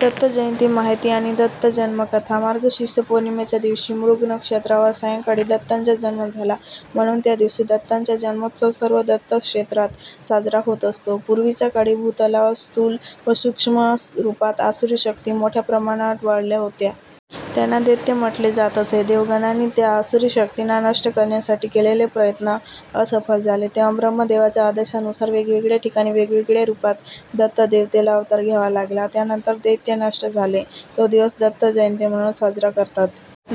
दत्तजयंती माहिती अणि दत्त जन्म कथा मार्गशीर्ष पौर्णिमेच्या दिवशी मृग नक्षत्रावर सायंकाळी दत्ताचा जन्म झाला, म्हणून त्या दिवशी दत्ताचा जन्मोत्सव सर्व दत्तक्षेत्रांत साजरा होत असतो. पूर्वीच्या काळी भूतलावर स्थूल व सूक्ष्म रूपांत आसुरी शक्ती मोठ्या प्रमाणावर वाढल्या होत्या. त्यांना दैत्य म्हटले जात असे. देवगणांनी त्या आसुरी शक्तींना नष्ट करण्यासाठी केलेले प्रयत्न असफल झाले. तेव्हा ब्रह्मदेवाच्या आदेशानुसार वेगवेगळया ठिकाणी वेगवेगळया रूपांत दत्त देवतेला अवतार घ्यावा लागला. त्यानंतर दैत्य नष्ट झाले. तो दिवस दत्तजयंती' म्हणून साजरा करतात.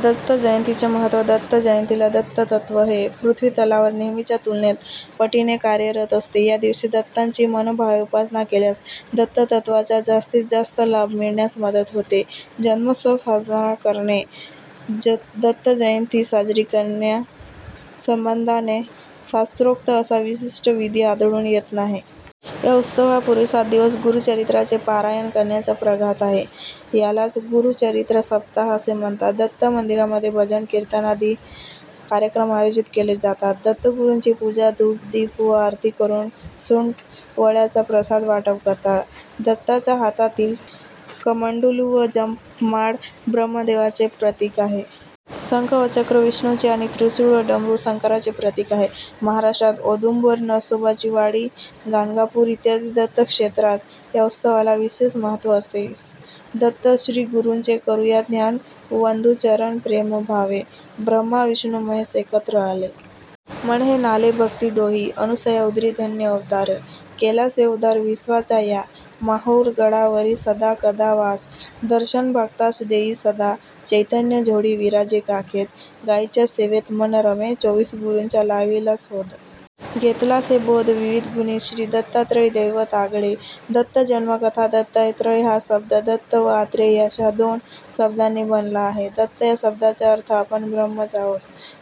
दत्तजयंतीचे महत्त्व दत्तजयंतीला दत्ततत्त्व हे पृथ्वीतलावर नेहमीच्या तुलनेत पटीने कार्यरत असते. या दिवशी दत्ताची मनोभावे उपासना केल्यास दत्ततत्त्वाचा जास्तीतजास्त लाभ मिळण्यास मदत होते. जन्मोत्सव साजरा करणे दत्तजयंती साजरी करण्यासंबंधाने शास्त्रोक्त असा विशिष्ट विधी आढळून येत नाही. या उत्सवापूर्वी सात दिवस गुरुचरित्राचे पारायण करण्याचा प्रघात आहे. यालाच गुरुचरित्रसप्ताह असे म्हणतात. दत्तमंदिरामध्ये भजन, कीर्तनादी कार्यक्रम आयोजीत केले जातात. दत्तगुरूंची पूजा, धूप, दीप व आरती करून सुंठवड्याचा प्रसाद वाटप करतात. दत्ताच्या हातातील कमंडलू व जपमाळ ब्रह्मदेवाचे प्रतीक आहे. शंख व चक्र विष्णूचे आणि त्रिशूळ व डमरू शंकराचे प्रतीक आहे. महाराष्ट्रात औदुंबर, नरसोबाची वाडी, गाणगापूर इत्यादी दत्तक्षेत्रांत या उत्सवाला विशेष महत्त्व असते. दत्तश्रीगुरूंचे करुया ध्यान वंदू चरण प्रेमभावे. ब्रह्मा विष्णू महेश एकत्र आले…. मन हे न्हाले भक्ती डोही। अनुसया उदरी धन्य अवतार।। केलासे उद्धार विश्वाचा या। माहुरगडावरी सदा कदा वास।। दर्शन भक्तास देई सदा। चैतन्य झोळी विराजे काखेत।। गाईच्या सेवेत मन रमे। चोविस गुरूचा लावियला शोध।। घेतलासे बोध विविधगुणी। श्री दत्तात्रय दैवत आगळे, दत्तजन्म कथा दत्तात्रय हा शब्द 'दत्त' व 'आत्रेय' अशा दोन शब्दांनी बनला आहे. 'दत्त' या शब्दाचा अर्थ आपण ब्रह्मच आहोत,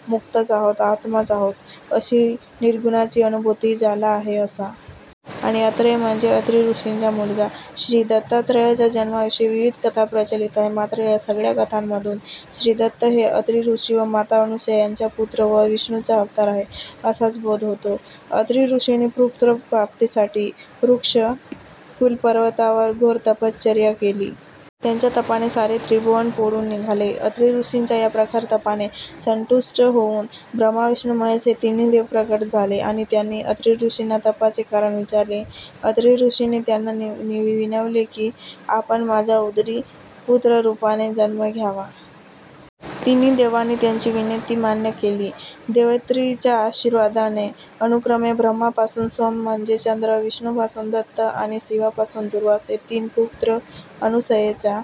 मुक्तच आहोत, आत्माच आहोत, अशी निर्गुणाची अनुभूती ज्याला आहे असा. आणि 'अत्रेय' म्हणजे अत्री ऋषींचा मुलगा. श्री दत्तात्रयाच्या जन्माविषयी विविध कथा प्रचलित आहेत. मात्र या सगळ्या कथांमधून श्रीदत्त हे अत्रीऋषी व माता अनुसूया यांचा पुत्र व विष्णूचा अवतार आहे, असाच बोध होतो. अत्रीऋषींनी पुत्रप्राप्तीसाठी ऋक्ष कुलपर्वतावर घोर तपश्चर्या केली. त्यांच्या तपाने सारे त्रिभुवन पोळून निघाले. अत्रीऋषींच्या या प्रखर तपाने संतुष्ट होऊन ब्रह्मा-विष्णु-महेश हे तिन्ही देव प्रकट झाले. आणि त्यांनी अत्रीऋषींना तपाचे कारण विचारले. अत्रीऋषींनी त्यांना विनवले की, आपण माझ्या उदरी पुत्ररूपाने जन्म घ्यावा. तिन्ही देवांनी त्यांची विनंती मान्य केली. देवत्रयीच्या आशीर्वादाने अनुक्रमे ब्रह्मापासून सोम म्हणजे चंद्र, विष्णूपासून दत्त आणि शिवापासून दुर्वास हे तीन पुत्र अनुसयेच्या